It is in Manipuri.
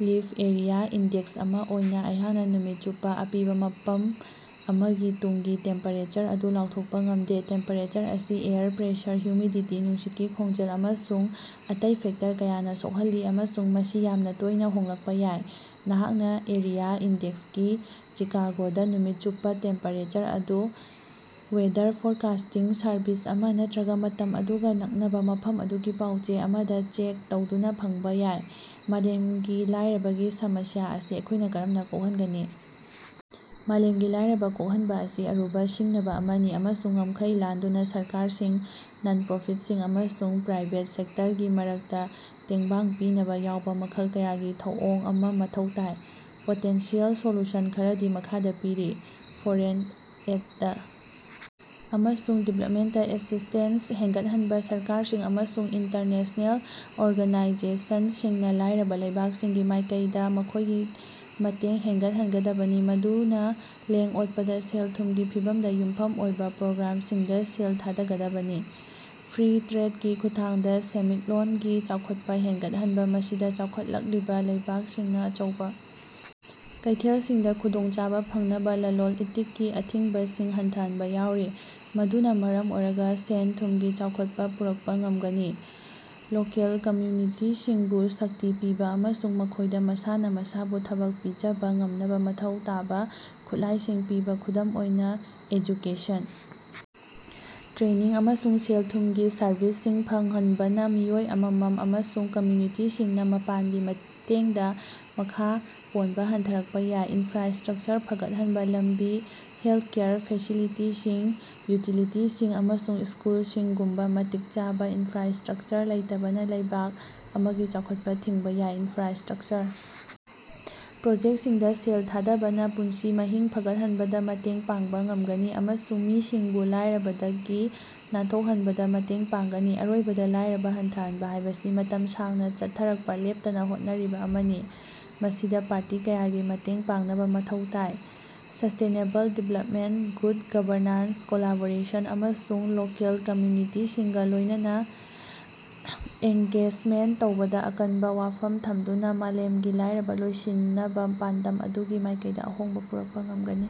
ꯂꯤꯞ ꯑꯦꯔꯤꯌꯥꯥ ꯏꯟꯗꯦꯛꯁ ꯑꯃ ꯑꯣꯏꯅ ꯑꯩꯍꯥꯛꯅ ꯅꯨꯃꯤꯠ ꯆꯨꯞꯄ ꯑꯄꯤꯕ ꯃꯐꯝ ꯑꯃꯒꯤ ꯇꯨꯡꯒꯤ ꯇꯦꯝꯄꯦꯔꯦꯆꯔ ꯑꯗꯨ ꯂꯥꯎꯊꯣꯛꯄ ꯉꯝꯗꯦ꯫ ꯇꯦꯝꯄꯦꯔꯦꯆꯔ ꯑꯁꯤ ꯑꯦꯌꯔ ꯄ꯭ꯔꯦꯁꯔ, ꯍꯨꯃꯤꯗꯤꯇꯤ, ꯅꯨꯡꯁꯤꯠꯀꯤ ꯈꯣꯡꯖꯦꯜ ꯑꯃꯁꯨꯡ ꯑꯇꯩ ꯐꯦꯛꯇꯔ ꯀꯌꯥꯅ ꯁꯣꯛꯍꯜꯂꯤ ꯑꯃꯁꯨꯡ ꯃꯁꯤ ꯌꯥꯝꯅꯥ ꯇꯣꯏꯅꯥ ꯍꯣꯡꯂꯛꯄ ꯌꯥꯏ꯫ ꯅꯍꯥꯛꯅ ꯑꯦꯔꯤꯌꯥ ꯏꯟꯗꯦꯛꯁ ꯒꯤ ꯆꯤꯀꯥꯒꯣꯗ ꯅꯨꯃꯤꯠ ꯆꯨꯞꯄ ꯇꯦꯝꯄꯦꯔꯦꯆꯔ ꯑꯗꯨ ꯋꯦꯗꯔ ꯐꯣꯔꯀꯥꯁ꯭ꯇꯤꯡ ꯁꯔꯚꯤꯁ ꯑꯃ ꯅꯠꯇꯔꯒ ꯃꯇꯝ ꯑꯗꯨꯒ ꯅꯛꯅꯕ ꯃꯐꯝ ꯑꯗꯨꯒꯤ ꯄꯥꯎ-ꯆꯦ ꯑꯃꯗ ꯆꯦꯛ ꯇꯧꯗꯨꯅ ꯐꯪꯕ ꯌꯥꯏ꯫ ꯃꯥꯂꯦꯝꯒꯤ ꯂꯥꯏꯔꯕꯒꯤ ꯁꯃꯁ꯭ꯌꯥ ꯑꯁꯤ ꯑꯩꯈꯣꯏꯅ ꯀꯔꯝꯅ ꯀꯣꯛꯍꯟꯒꯅꯤ? ꯃꯥꯂꯦꯝꯒꯤ ꯂꯥꯏꯔꯕ ꯀꯣꯛꯍꯟꯕ ꯑꯁꯤ ꯑꯔꯨꯕ ꯁꯤꯡꯅꯕ ꯑꯃꯅꯤ ꯫ ꯑꯃꯁꯨꯡ ꯉꯝꯈꯩ ꯂꯥꯟꯗꯨꯅ ꯁꯔꯀꯥꯔꯁꯤꯡ, ꯅꯟ-ꯄ꯭ꯔꯣꯐꯤꯠꯁꯤꯡ ꯑꯃꯁꯨꯡ ꯄ꯭ꯔꯥꯏꯕꯦꯠ ꯁꯦꯛꯇꯔꯒꯤ ꯃꯔꯛꯇ ꯇꯦꯡꯕꯥꯡ ꯄꯤꯅꯕ ꯌꯥꯎꯕ ꯃꯈꯜ ꯀꯌꯥꯒꯤ ꯊꯧꯑꯣꯡ ꯑꯃ ꯃꯊꯧ ꯇꯥꯏ꯫ ꯄꯣꯇꯦꯟꯁꯤꯌꯦꯜ ꯁꯣꯂꯨꯁꯟ ꯈꯔꯗꯤ ꯃꯈꯥꯗ ꯄꯤꯔꯤ: ꯐꯣꯔꯦꯟ ꯑꯦꯏꯗ ꯑꯃꯁꯨꯡ ꯗꯤꯚꯂ꯭ꯄꯃꯦꯟꯇ ꯑꯦꯁꯤꯁ꯭ꯇꯦꯟꯁ ꯍꯦꯟꯒꯠꯍꯟꯕ- ꯁꯔꯀꯥꯔꯁꯤꯡ ꯑꯃꯁꯨꯡ ꯏꯟꯇꯔꯅꯦꯁꯅꯦꯜ ꯑꯣꯔꯒꯥꯅꯥꯏꯖꯦꯁꯟꯁꯤꯡꯅ ꯂꯥꯏꯔꯕ ꯂꯩꯕꯥꯛꯁꯤꯡꯒꯤ ꯃꯥꯏꯀꯩꯗ ꯃꯈꯣꯏꯒꯤ ꯃꯇꯦꯡ ꯍꯦꯟꯒꯠꯍꯟꯒꯗꯕꯅꯤ ꯃꯗꯨꯅ ꯂꯦꯡ-ꯑꯣꯠꯄꯗ ꯁꯦꯜ-ꯊꯨꯝꯒꯤ ꯐꯤꯚꯝꯗ ꯌꯨꯝꯐꯝ ꯑꯣꯏꯕ ꯄ꯭ꯔꯣꯒ꯭ꯔꯥꯝꯁꯤꯡꯗ ꯁꯦꯜ ꯊꯥꯗꯒꯗꯕꯅꯤ꯫ ꯐ꯭ꯔꯤ ꯇ꯭ꯔꯦꯗꯀꯤ ꯈꯨꯠꯊꯥꯡꯗ ꯁꯦꯟꯃꯤꯠꯂꯣꯟꯒꯤ ꯆꯥꯎꯈꯠꯄ ꯍꯦꯟꯒꯠꯍꯟꯕ- ꯃꯁꯤꯗ ꯆꯥꯎꯈꯠꯂꯛꯂꯤꯕ ꯂꯩꯕꯥꯛꯁꯤꯡꯅ ꯑꯆꯧꯕ ꯀꯩꯊꯦꯜꯁꯤꯡꯗ ꯈꯨꯗꯣꯡꯆꯥꯕ ꯐꯪꯅꯕ ꯂꯂꯣꯟ-ꯏꯇꯤꯛꯀꯤ ꯑꯊꯤꯡꯕꯁꯤꯡ ꯍꯟꯊꯍꯟꯕ ꯌꯥꯎꯔꯤ ꯫ ꯃꯗꯨꯅ ꯃꯔꯝ ꯑꯣꯏꯔꯒ ꯁꯦꯟ-ꯊꯨꯝꯒꯤ ꯆꯥꯎꯈꯠꯄ ꯄꯨꯔꯛꯄ ꯉꯝꯒꯅꯤ꯫ ꯂꯣꯀꯦꯜ ꯀꯝꯌꯨꯅꯤꯇꯤꯁꯤꯡꯕꯨ ꯁꯛꯇꯤ ꯄꯤꯕ ꯑꯃꯁꯨꯡ ꯃꯈꯣꯏꯗ ꯃꯁꯥꯅ ꯃꯁꯥꯕꯨ ꯊꯕꯛ ꯄꯤꯖꯕ ꯉꯝꯅꯕ ꯃꯊꯧ ꯇꯥꯕ ꯈꯨꯠꯂꯥꯏꯁꯤꯡ ꯄꯤꯕ- ꯈꯨꯗꯝ ꯑꯣꯏꯅꯥ ꯑꯦꯖꯨꯀꯦꯁꯟ ꯇ꯭ꯔꯦꯅꯤꯡ, ꯑꯃꯁꯨꯡ ꯁꯦꯜ-ꯊꯨꯝꯒꯤ ꯁꯔꯚꯤꯁꯁꯤꯡ ꯐꯪꯍꯟꯕꯅ ꯃꯤꯑꯣꯏ ꯑꯃꯃꯝ ꯑꯃꯁꯨꯡ ꯀꯝꯌꯨꯅꯤꯇꯤꯁꯤꯡꯅ ꯃꯄꯥꯟꯒꯤ ꯃꯇꯦꯡꯗ ꯃꯈꯥ ꯄꯣꯟꯕ ꯍꯟꯊꯔꯛꯄ ꯌꯥꯏ꯫ ꯏꯟꯐ꯭ꯔꯥꯁ꯭ꯇꯔꯛꯆꯔ ꯐꯒꯠꯍꯟꯕ- ꯂꯝꯕꯤ, ꯍꯦꯜꯊꯀꯦꯌꯔ ꯐꯦꯁꯤꯂꯤꯇꯤꯁꯤꯡ, ꯌꯨꯇꯤꯂꯤꯇꯤꯁꯤꯡ, ꯑꯃꯁꯨꯡ ꯁ꯭ꯀꯨꯜꯁꯤꯡꯒꯨꯝꯕ ꯃꯇꯤꯛ ꯆꯥꯕꯥ ꯏꯟꯐ꯭ꯔꯥꯁ꯭ꯇꯔꯛꯆꯔ ꯂꯩꯇꯕꯅ ꯂꯩꯕꯥꯛ ꯑꯃꯒꯤ ꯆꯥꯎꯈꯠꯄ ꯊꯤꯡꯕ ꯌꯥꯏ꯫ ꯏꯟꯐ꯭ꯔꯥꯁ꯭ꯇꯔꯛꯆꯔ ꯄ꯭ꯔꯣꯖꯦꯛꯇꯁꯤꯡꯗ ꯁꯦꯜ ꯊꯥꯗꯕꯅ ꯄꯨꯟꯁꯤ ꯃꯍꯤꯡ ꯐꯒꯠꯍꯟꯕꯗ ꯃꯇꯦꯡ ꯄꯥꯡꯕ ꯉꯝꯒꯅꯤ꯫ ꯑꯃꯁꯨꯡ ꯃꯤꯁꯤꯡꯕꯨ ꯂꯥꯏꯔꯕꯗꯒꯤ ꯅꯥꯟꯊꯣꯛꯍꯟꯕꯗ ꯃꯇꯦꯡ ꯄꯥꯡꯒꯅꯤ꯫ ꯑꯔꯣꯏꯕꯗ ꯂꯥꯏꯔꯕ ꯍꯟꯊꯍꯟꯕ ꯍꯥꯏꯕꯁꯤ ꯃꯇꯝ ꯁꯥꯡꯅꯥ ꯆꯠꯊꯔꯛꯄ ꯂꯦꯞꯇꯅ ꯍꯣꯠꯅꯔꯤꯕ ꯑꯃꯅꯤ꯫ ꯃꯁꯤꯗ ꯄꯥꯔꯇꯤ ꯀꯌꯥꯒꯤ ꯃꯇꯦꯡ ꯄꯥꯡꯅꯕ ꯃꯊꯧ ꯇꯥꯏ꯫ Sustainable development, good governance, collaboration, ꯑꯃꯁꯨꯡ ꯂꯣꯀꯦꯜ ꯀꯝꯝꯌꯨꯅꯤꯇꯤꯁꯤꯡꯒ ꯂꯣꯏꯅꯅ ꯑꯦꯡꯒꯦꯖꯃꯦꯟꯇ ꯇꯧꯕꯗ ꯑꯀꯟꯕ ꯋꯥꯐꯝ ꯊꯝꯗꯨꯅ ꯃꯥꯂꯦꯝꯒꯤ ꯂꯥꯏꯔꯕ ꯂꯣꯏꯁꯤꯟꯅꯕ ꯄꯥꯟꯗꯝ ꯑꯗꯨꯒꯤ ꯃꯥꯏꯀꯩꯗ ꯑꯍꯣꯡꯕ ꯄꯨꯔꯛꯄ ꯉꯝꯒꯅꯤ꯫।